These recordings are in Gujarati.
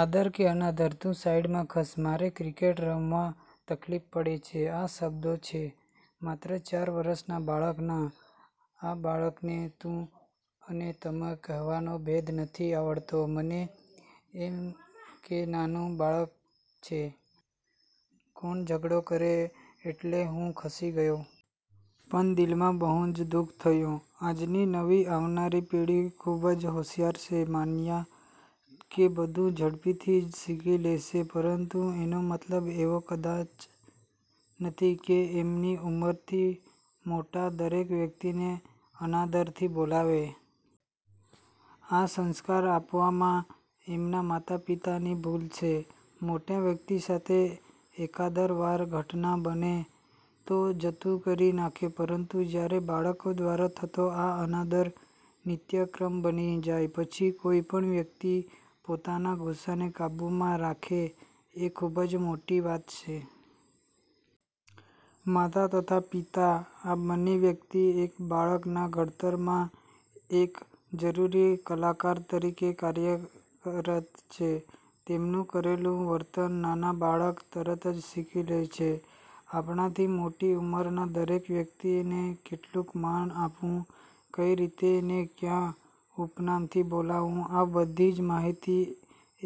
આદર કે અનાદર? તું સાઈડ માં ખસ મારે ક્રિકેટ રમવા તકલીફ પડે છે આ શબ્દો છે માત્ર ચાર વર્ષ ના બાળક ના. આ બાળક ને તું અને તમે કહેવાનો ભેદ નથી આવડતો, મને એમ કે નાનું બાળક છે કોણ ઝઘડો કરે એટલે હું ખસી ગયો. પણ દિલ માં બહું જ દુઃખ થયું, આજની નવી આવનારી પેઠી ખુબ જ હોશિયાર છે માન્યા કે, બધું ઝડપીથી જ શીખી લે છે, પરંતુ એનો મતલબ એવો કદાય નથી કે એમની ઉમર થી મોટા દરેક વ્યક્તિ ને અનાદર થી બોલાવે? આ સંસ્કાર આપવામાં એમના માતા પિતા ની ભૂલ છે. મોટા વ્યકતિ સાથે એકાદરવાર ઘટના બને તો જતું કરી નાખે પરંતુ જયારે બાળકો દ્વારા થતો આ અનાદર નિત્યક્રમ બની જાય પછી કોઈ પણ વ્યક્તિ પોતાના ગુસ્સા ને કાબુ માં રાખે એ ખુબ જ મોટી વાત છે. માતા તથા પિતા આ બંને વ્યક્તિ એક બાળક ના ઘડતર માં એક જરૂરી કલાકાર તરીકે કાર્યરત છે. તેમનું કરેલું વર્તન નાના બાળક તરત જ શીખી લે છે, આપણા થી મોટી ઉમર ના દરેક વ્યક્તિને કેટલુંક માન આપવું કઈ રીતે અને ક્યાં ઉપનામ થી બોલવું, આ બધી જ માહિતી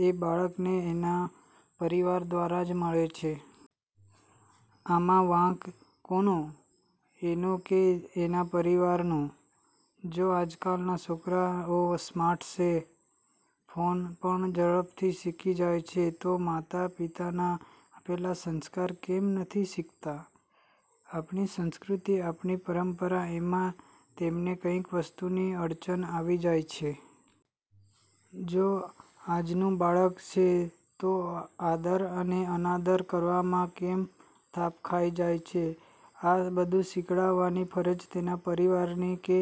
એ બાળક ને એના પરિવાર દ્વારા જ મળે છે. આમાં વાંક કોનો? એનો કે એના પરિવાર નો? જો આજકાલ ના છોકરા ઓ સ્માર્ટ છે? ફોન પણ ઝડપથી શીખી જાય છે તો માતા પિતાના આપેલા સંસ્કાર કેમ નથી શીખતા? આપણી સંસ્કૃતિ, આપણી પરંપરા એમાં તેમને કઈક વસ્તુની અડચણ આવી જાય છે. જો આજ નું બાળક છે તો આદર અને અનાદર કરવામાં કેમ થાપ ખાઈ જાય છે. આ બધું શીખડાવાની ફરજ તેના પરિવાર ની કે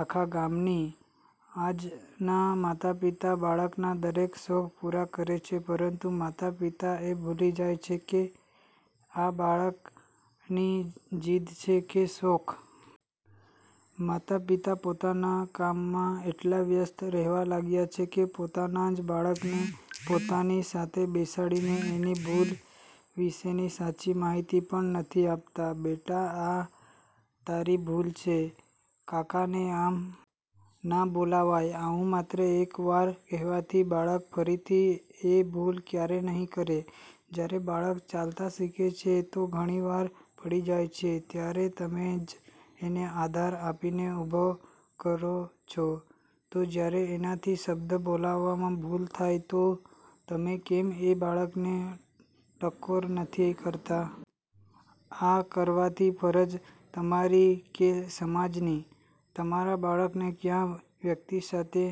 આખા ગામ ની? આજ ના માતા પિતા બાળકના દરેક શોખ પૂરા કરે છે પરંતુ માતા પિતા એ ભૂલી જાય છે કે આ બાળક ની જીદ છે કે શોખ? માતા પિતા પોતાના કામ માં એટલા વ્યસ્ત રહેવા લાગ્યા છે કે પોતાના જ બાળક ને પોતાની સાથે બેસાડીને એની ભૂલ વિશેની સાચી માહિતી પણ નથી આપતા, "બેટા આ તારી ભૂલ છે કાકા ને આમ ના બોલાવાય" આવું માત્ર એક વાર કહેવાથી બાળક ફરીથી એ ભૂલ ક્યારેય નહિ કરે, જયારે બાળક ચાલતા શીખે છે તો ઘણી વાર પડી જાય છે, ત્યારે તમે જ એને આધાર આપીને ઉભો કરો છો, તો જયારે એનાથી શબ્દ બોલાવામાં ભૂલ થાય તો તમે કેમ એ બાળક ને ટકોર નથી કરતા? આ કરવાથી ફરજ તમારી કે સમાજ ની? તમારા બાળકને ક્યાં વ્યક્તિ સાથે